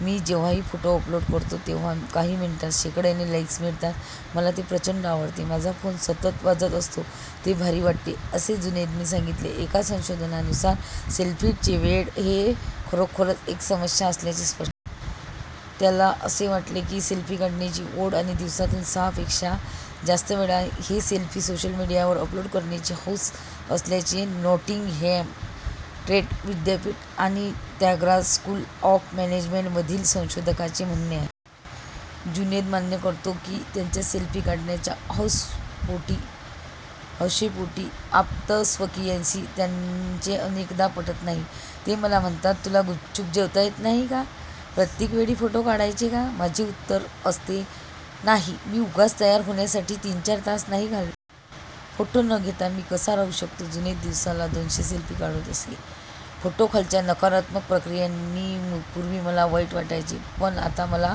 "मी जेव्हाही photo upload करतो तेव्हा काही मिनिटांत शेकड्याने लाइक्स मिळतात. मला ते प्रचंड आवडते. माझा फोन सतत वाजत असतो. ते भारी वाटते," असे जुनैदने सांगितले. एका संशोधनानुसार सेल्फीचे वेड ही खरोखरच एक समस्या असल्याचे स्प त्याला असे म्हटले जाते. सेल्फी काढण्याची ओढ आणि दिवसातून सहापेक्षा जास्त वेळा हे सेल्फी सोशल मीडियावर अपलोड करण्याची हौस हा '' असल्याचे नॉटिंगहॅम ट्रेंट विद्यापीठ आणि त्यागराज स्कूल ऑफ मॅनेजमेंटमधील संशोधकांचे म्हणणे आहे. जुनैद मान्य करतो की त्याच्या सेल्फी काढण्याच्या हौसपोटी हौसेपोटी आप्तस्वकीयांशी त्याचे अनेकदा पटत नाही. "ते मला म्हणतात, 'तुला गुपचुप जेवता येत नाही का? प्रत्येक वेळी फोटो काढायचे का?' माझे उत्तर असते 'नाही. मी उगाच तयार होण्यासाठी तीन-चार तास नाही घाल. फोटो न घेता मी कसा राहू शकतो?" जुनैद दिवसाला दोनशे सेल्फी काढत असे. फोटोखालच्या नकारात्मक प्रक्रियांनी पूर्वी मला वाईट वाटायचे. पण आता मला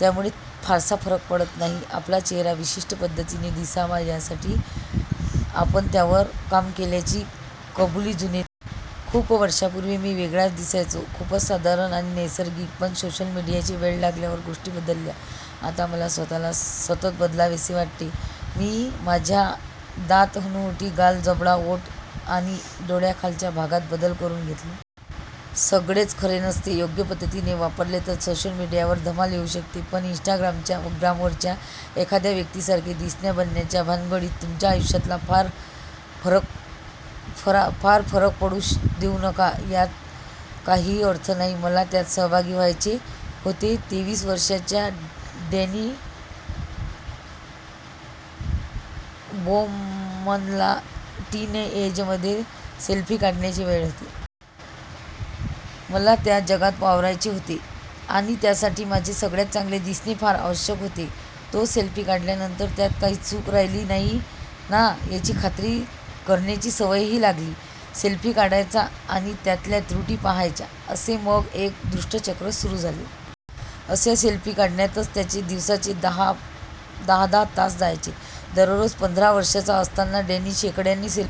त्यामुळे फारसा फरक पडत नाही. आपला चेहरा विशिष्ट पद्धतीने दिसावा, यासाठी आपण त्यावर काम केल्याची कबुली जुनैद. "खूप वर्षांपूर्वी मी वेगळाच दिसायचो, खूपच साधारण आणि नैसर्गिक. पण सोशल मीडियाचे वेड लागल्यावर गोष्टी बदलल्या. आता मला स्वतःला सतत बदलावेसे वाटते." "मी माझ्या दात, हनुवटी, गाल, जबडा, ओठ आणि डोळ्यांखालच्या भागात बदल करून घेतले. सगळेच खरे नसते." "योग्य पद्धतीने वापरले तर सोशल मीडियावर धमाल येऊ शकते. पण इन्स्टाग्रामच्या ग्रामवरच्या एखाद्या व्यक्तीसारखे दिसण्या-बनण्याच्या भानगडीत तुमच्या आयुष्यातला फार फरक फार फरक पडू देऊ नका. यात काहीही अर्थ नाही." मला त्यात सहभागी व्हायचे होते - तेवीस वर्षांच्या डॅनी बोमनला टीनएजमध्ये सेल्फी काढण्याचे वेड होते. "मला त्या जगात वावरायचे होते. आणि त्यासाठी माझे सगळ्यांत चांगले दिसणे फार आवश्यक होते." तो सेल्फी काढल्यानंतर त्यात काही चूक तर राहिली नाहीये ना, याची खात्री करण्याची सवयही लागली. सेल्फी काढायचा आणि त्यातल्या त्रुटी पाहायच्या, असे मग एक दुष्टचक्रच सुरू झाले. अशा सेल्फी काढण्यातच त्याचे दिवसाचे दहा दहा-दहा तास जायचे, दररोज! पंधरा वर्षांचा असताना डॅनी शेकड्याने सेल्फी